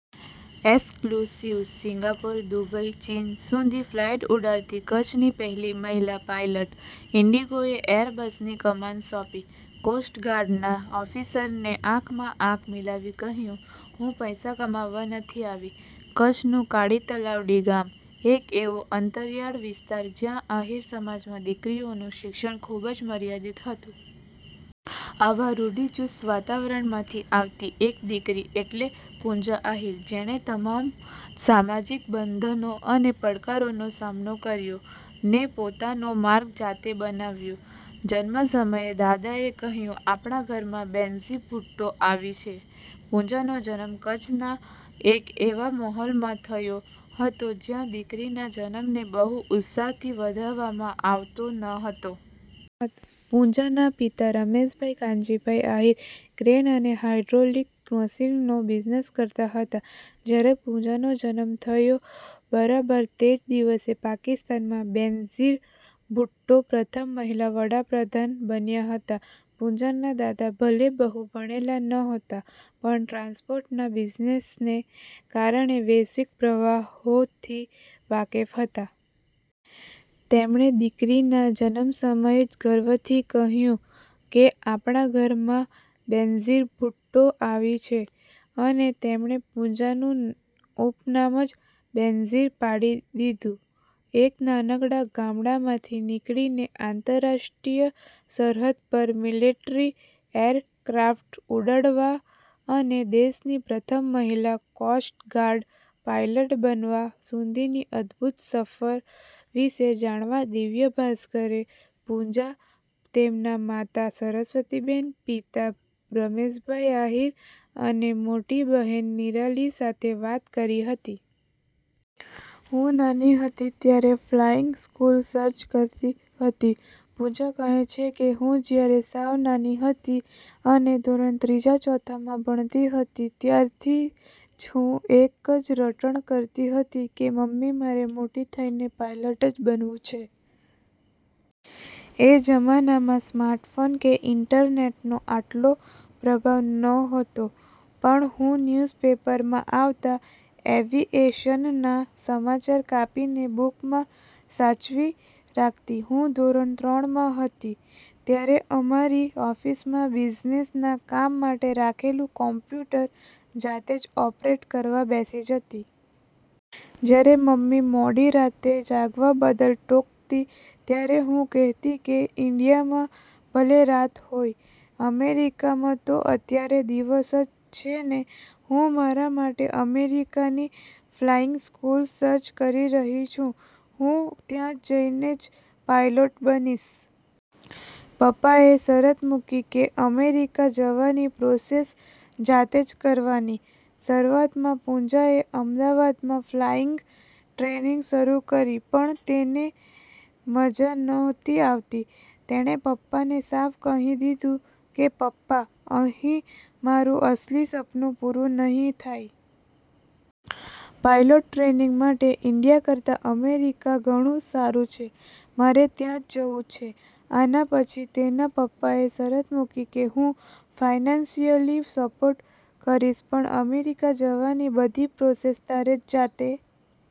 Exclusive: Singapore, Dubai, ચીન સુધી flight ઉડાડતી કચ્છની પહેલી મહિલા પાયલટ. ઇન્ડિગોએ એર બસની કમાન સોંપી, કોસ્ટ ગાર્ડના ઓફિસરને આંખમાં આંખ મિલાવી કહ્યું- "હું પૈસા કમાવા નથી આવી. કચ્છનું કાળી તલાવડી ગામ. એક એવો અંતરિયાળ વિસ્તાર જ્યાં આહીર સમાજમાં દીકરીઓનું શિક્ષણ ખૂબ જ મર્યાદિત હતું. આવા રૂઢિચુસ્ત વાતાવરણમાંથી આવતી એક દીકરી એટલે પૂજા આહીર. જેણે તમામ સામાજિક બંધનો અને પડકારોનો સામનો કર્યો ને પોતાનો માર્ગ જાતે બનાવ્યુ. જન્મ સમયે દાદાએ કહ્યું,"આપણા ઘરમાં બેનઝીર ભુટ્ટો આવી છે." પૂજાનો જન્મ કચ્છના એક એવા માહોલમાં થયો હતો જ્યાં દીકરીના જન્મને બહુ ઉત્સાહથી વધાવવામાં આવતો નહોતો. પૂજાના પિતા રમેશભાઇ કાનજીભાઇ આહીર ક્રેઇન અને હાઇડ્રોલિક મશીનનો બિઝનેસ કરતા હતા. જ્યારે પૂજાનો જન્મ થયો, બરાબર તે જ દિવસે પાકિસ્તાનમાં બેનઝીર ભુટ્ટો પ્રથમ મહિલા વડાપ્રધાન બન્યા હતા. પૂજાના દાદા ભલે બહુ ભણેલા નહોતા, પણ ટ્રાન્સપોર્ટના બિઝનેસને કારણે વૈશ્વિક પ્રવાહોથી વાકેફ હતા. તેમણે દીકરીના જન્મ સમયે જ ગર્વથી કહ્યું કે,"આપણા ઘરમાં બેનઝીર ભુટ્ટો આવી છે," અને તેમણે પૂજાનું ઉપનામ જ બેનઝીર પાડી દીધું. એક નાનકડા ગામડામાંથી નીકળીને આંતરરાષ્ટ્રીય સરહદ પર મિલિટરી એરક્રાફ્ટ ઉડાડવા અને દેશની પ્રથમ મહિલા કોસ્ટ ગાર્ડ પાયલોટ બનવા સુધીની અદભૂત સફર વિશે જાણવા દિવ્ય ભાસ્કરે પૂજા, તેમના માતા સરસ્વતીબેન, પિતા રમેશભાઈ આહીર, અને મોટી બહેન નિરાલી સાથે વાત કરી હતી. "હું નાની હતી ત્યારે ફ્લાઇંગ સ્કૂલ સર્ચ કરતી હતી". પૂજા કહે છે કે, "હું જ્યારે સાવ નાની હતી, અને ધોરણ ત્રીજા-ચૌથામાં ભણતી હતી ત્યારથી જ હું એક જ રટણ કરતી હતી કે "મમ્મી, મારે મોટી થઇને પાયલોટ જ બનવું છે." એ જમાનામાં સ્માર્ટફોન કે ઇન્ટરનેટનો આટલો પ્રભાવ નહોતો પણ હું ન્યૂઝપેપરમાં આવતા એવિએશનના સમાચાર કાપીને બૂકમાં સાચવી રાખતી. હું ધોરણ ત્રણ માં હતી, ત્યારે અમારી ઓફિસમાં બિઝનેસના કામ માટે રાખેલું કોમ્પ્યુટર જાતે જ ઓપરેટ કરવા બેસી જતી. જ્યારે મમ્મી મોડી રાત્રે જાગવા બદલ ટોકતી, ત્યારે હું કહેતી કે ઇન્ડિયામાં ભલે રાત હોય, અમેરિકામાં તો અત્યારે દિવસ છે ને. હું મારા માટે અમેરિકાની ફ્લાઇંગ સ્કૂલ સર્ચ કરી રહી છું. હું ત્યાં જઇને જ પાયલોટ બનીશ. પપ્પાએ શરત મુકી કે અમેરિકા જવાની પ્રોસેસ જાતે જ કરવાની. શરૂઆતમાં પૂજાએ અમદાવાદમાં ફ્લાઇંગ ટ્રેનિંગ શરૂ કરી પણ તેને મજા નહોતી આવતી. તેણે પપ્પાને સાફ કહી દીધું કે, "પપ્પા, અહીં મારું અસલી સપનું પૂરું નહીં થાય. પાયલોટ ટ્રેનિંગ માટે ઇન્ડિયા કરતાં અમેરિકા ઘણું સારું છે, મારે ત્યાં જવું છે." આના પછી તેના પપ્પાએ શરત મૂકી કે, "હું ફાઇનાન્સિયલી સપોર્ટ કરીશ પણ અમેરિકા જવાની બધી પ્રોસેસ તારે જાતે